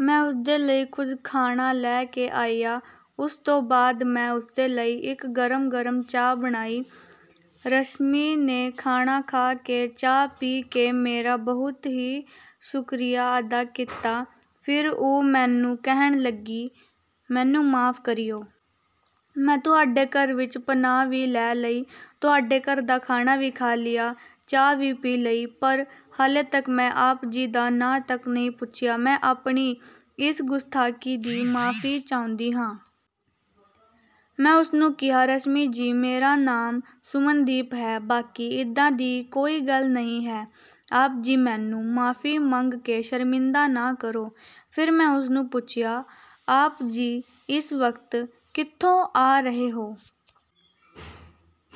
ਮੈਂ ਉਸਦੇ ਲਈ ਕੁਝ ਖਾਣਾ ਲੈ ਕੇ ਆਇਆ। ਉਸ ਤੋਂ ਬਾਅਦ ਮੈਂ ਉਸਦੇ ਲਈ ਇੱਕ ਗਰਮ-ਗਰਮ ਚਾਹ ਬਣਾਈ। ਰਸ਼ਮੀ ਨੇ ਖਾਣਾ ਖਾ ਕੇ, ਚਾਹ ਪੀ ਕੇ ਮੇਰਾ ਬਹੁਤ ਹੀ ਸ਼ੁਕਰੀਆ ਅਦਾ ਕੀਤਾ। ਫਿਰ ਉਹ ਮੈਨੂੰ ਕਹਿਣ ਲੱਗੀ, "ਮੈਨੂੰ ਮੁਆਫ਼ ਕਰਿਓ। ਮੈਂ ਤੁਹਾਡੇ ਘਰ ਵਿੱਚ ਪਨਾਹ ਵੀ ਲੈ ਲਈ, ਤੁਹਾਡੇ ਘਰ ਦਾ ਖਾਣਾ ਵੀ ਖਾ ਲਿਆ, ਚਾਹ ਵੀ ਪੀ ਲਈ, ਪਰ ਹਾਲੇ ਤੱਕ ਮੈਂ ਆਪ ਜੀ ਦਾ ਨਾਂ ਤੱਕ ਨਹੀਂ ਪੁੱਛਿਆ। ਮੈਂ ਆਪਣੀ ਇਸ ਗੁਸਤਾਖੀ ਦੀ ਮੁਆਫ਼ੀ ਚਾਹੁੰਦੀ ਹਾਂ।" ਮੈਂ ਉਸਨੂੰ ਕਿਹਾ, "ਰਸ਼ਮੀ ਜੀ, ਮੇਰਾ ਨਾਮ ਸੁਮਨਦੀਪ ਹੈ। ਬਾਕੀ ਇੱਦਾਂ ਦੀ ਕੋਈ ਗੱਲ ਨਹੀਂ ਹੈ। ਆਪ ਜੀ ਮੈਨੂੰ ਮੁਆਫ਼ੀ ਮੰਗ ਕੇ ਸ਼ਰਮਿੰਦਾ ਨਾ ਕਰੋ।" ਫਿਰ ਮੈਂ ਉਸਨੂੰ ਪੁੱਛਿਆ, "ਆਪ ਜੀ ਇਸ ਵਕਤ ਕਿੱਥੋਂ ਆ ਰਹੇ ਹੋ?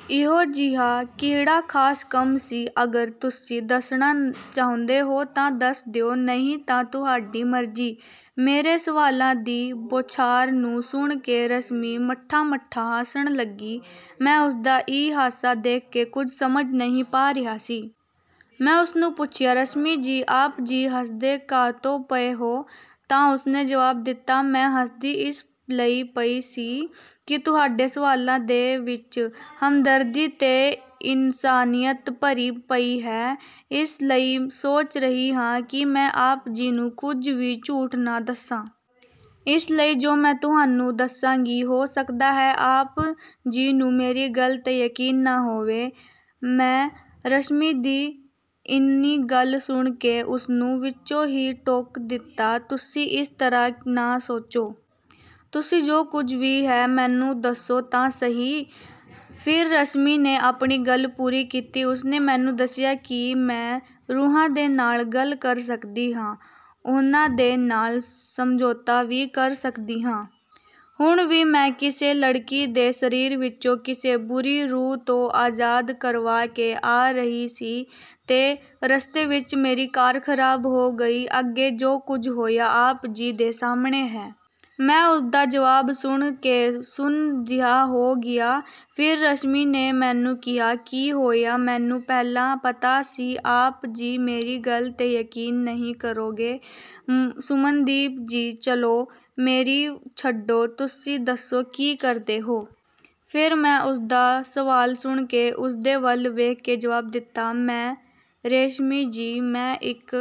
ਇਹੋ ਜਿਹਾ ਕਿਹੜਾ ਖ਼ਾਸ ਕੰਮ ਸੀ? ਅਗਰ ਤੁਸੀਂ ਦੱਸਣਾ ਚਾਹੁੰਦੇ ਹੋ ਤਾਂ ਦੱਸ ਦਿਓ, ਨਹੀਂ ਤਾਂ ਤੁਹਾਡੀ ਮਰਜ਼ੀ।" ਮੇਰੇ ਸਵਾਲਾਂ ਦੀ ਬੌਛਾਰ ਨੂੰ ਸੁਣ ਕੇ ਰਸ਼ਮੀ ਮੱਠਾ-ਮੱਠਾ ਹੱਸਣ ਲੱਗੀ। ਮੈਂ ਉਸਦਾ ਇਹ ਹਾਸਾ ਦੇਖ ਕੇ ਕੁਝ ਸਮਝ ਨਹੀਂ ਪਾ ਰਿਹਾ ਸੀ। ਮੈਂ ਉਸਨੂੰ ਪੁੱਛਿਆ, "ਰਸ਼ਮੀ ਜੀ, ਆਪ ਜੀ ਹੱਸਦੇ ਕਾਹਤੋਂ ਪਏ ਹੋ?" ਤਾਂ ਉਸਨੇ ਜਵਾਬ ਦਿੱਤਾ, "ਮੈਂ ਹੱਸਦੀ ਇਸ ਲਈ ਪਈ ਸੀ ਕਿ ਤੁਹਾਡੇ ਸਵਾਲਾਂ ਦੇ ਵਿੱਚ ਹਮਦਰਦੀ ਤੇ ਇਨਸਾਨੀਅਤ ਭਰੀ ਪਈ ਹੈ। ਇਸ ਲਈ ਸੋਚ ਰਹੀ ਹਾਂ ਕਿ ਮੈਂ ਆਪ ਜੀ ਨੂੰ ਕੁਝ ਵੀ ਝੂਠ ਨਾ ਦੱਸਾਂ। ਇਸ ਲਈ ਜੋ ਮੈਂ ਤੁਹਾਨੂੰ ਦੱਸਾਂਗੀ, ਹੋ ਸਕਦਾ ਹੈ ਆਪ ਜੀ ਨੂੰ ਮੇਰੀ ਗੱਲ 'ਤੇ ਯਕੀਨ ਨਾ ਹੋਵੇ।" ਮੈਂ ਰਸ਼ਮੀ ਦੀ ਇੰਨੀ ਗੱਲ ਸੁਣ ਕੇ ਉਸਨੂੰ ਵਿੱਚੋਂ ਹੀ ਟੋਕ ਦਿੱਤਾ, "ਤੁਸੀਂ ਇਸ ਤਰ੍ਹਾਂ ਨਾ ਸੋਚੋ। ਤੁਸੀਂ ਜੋ ਕੁਝ ਵੀ ਹੈ, ਮੈਨੂੰ ਦੱਸੋ ਤਾਂ ਸਹੀ।" ਫਿਰ ਰਸ਼ਮੀ ਨੇ ਆਪਣੀ ਗੱਲ ਪੂਰੀ ਕੀਤੀ। ਉਸਨੇ ਮੈਨੂੰ ਦੱਸਿਆ, "ਕੀ ਮੈਂ ਰੂਹਾਂ ਦੇ ਨਾਲ ਗੱਲ ਕਰ ਸਕਦੀ ਹਾਂ। ਉਹਨਾਂ ਦੇ ਨਾਲ ਸਮਝੌਤਾ ਵੀ ਕਰ ਸਕਦੀ ਹਾਂ। ਹੁਣ ਵੀ ਮੈਂ ਕਿਸੇ ਲੜਕੀ ਦੇ ਸਰੀਰ ਵਿੱਚੋਂ ਕਿਸੇ ਬੁਰੀ ਰੂਹ ਤੋਂ ਆਜ਼ਾਦ ਕਰਵਾ ਕੇ ਆ ਰਹੀ ਸੀ ਤੇ ਰਸਤੇ ਵਿੱਚ ਮੇਰੀ ਕਾਰ ਖ਼ਰਾਬ ਹੋ ਗਈ। ਅੱਗੇ ਜੋ ਕੁਝ ਹੋਇਆ, ਆਪ ਜੀ ਦੇ ਸਾਹਮਣੇ ਹੈ।" ਮੈਂ ਉਸਦਾ ਜਵਾਬ ਸੁਣ ਕੇ ਸੁੰਨ ਜਿਹਾ ਹੋ ਗਿਆ। ਫਿਰ ਰਸ਼ਮੀ ਨੇ ਮੈਨੂੰ ਕਿਹਾ, "ਕੀ ਹੋਇਆ? ਮੈਨੂੰ ਪਹਿਲਾਂ ਪਤਾ ਸੀ ਆਪ ਜੀ ਮੇਰੀ ਗੱਲ 'ਤੇ ਯਕੀਨ ਨਹੀਂ ਕਰੋਗੇ, ਸੁਮਨਦੀਪ ਜੀ। ਚਲੋ, ਮੇਰੀ ਛੱਡੋ, ਤੁਸੀਂ ਦੱਸੋ ਕਿ ਕਰਦੇ ਹੋ?" ਫਿਰ ਮੈਂ ਉਸਦਾ ਸਵਾਲ ਸੁਣ ਕੇ ਉਸਦੇ ਵੱਲ ਵੇਖ ਕੇ ਜਵਾਬ ਦਿੱਤਾ, "ਮੈਂ… ਰੇਸ਼ਮੀ ਜੀ, ਮੈਂ ਇੱਕ--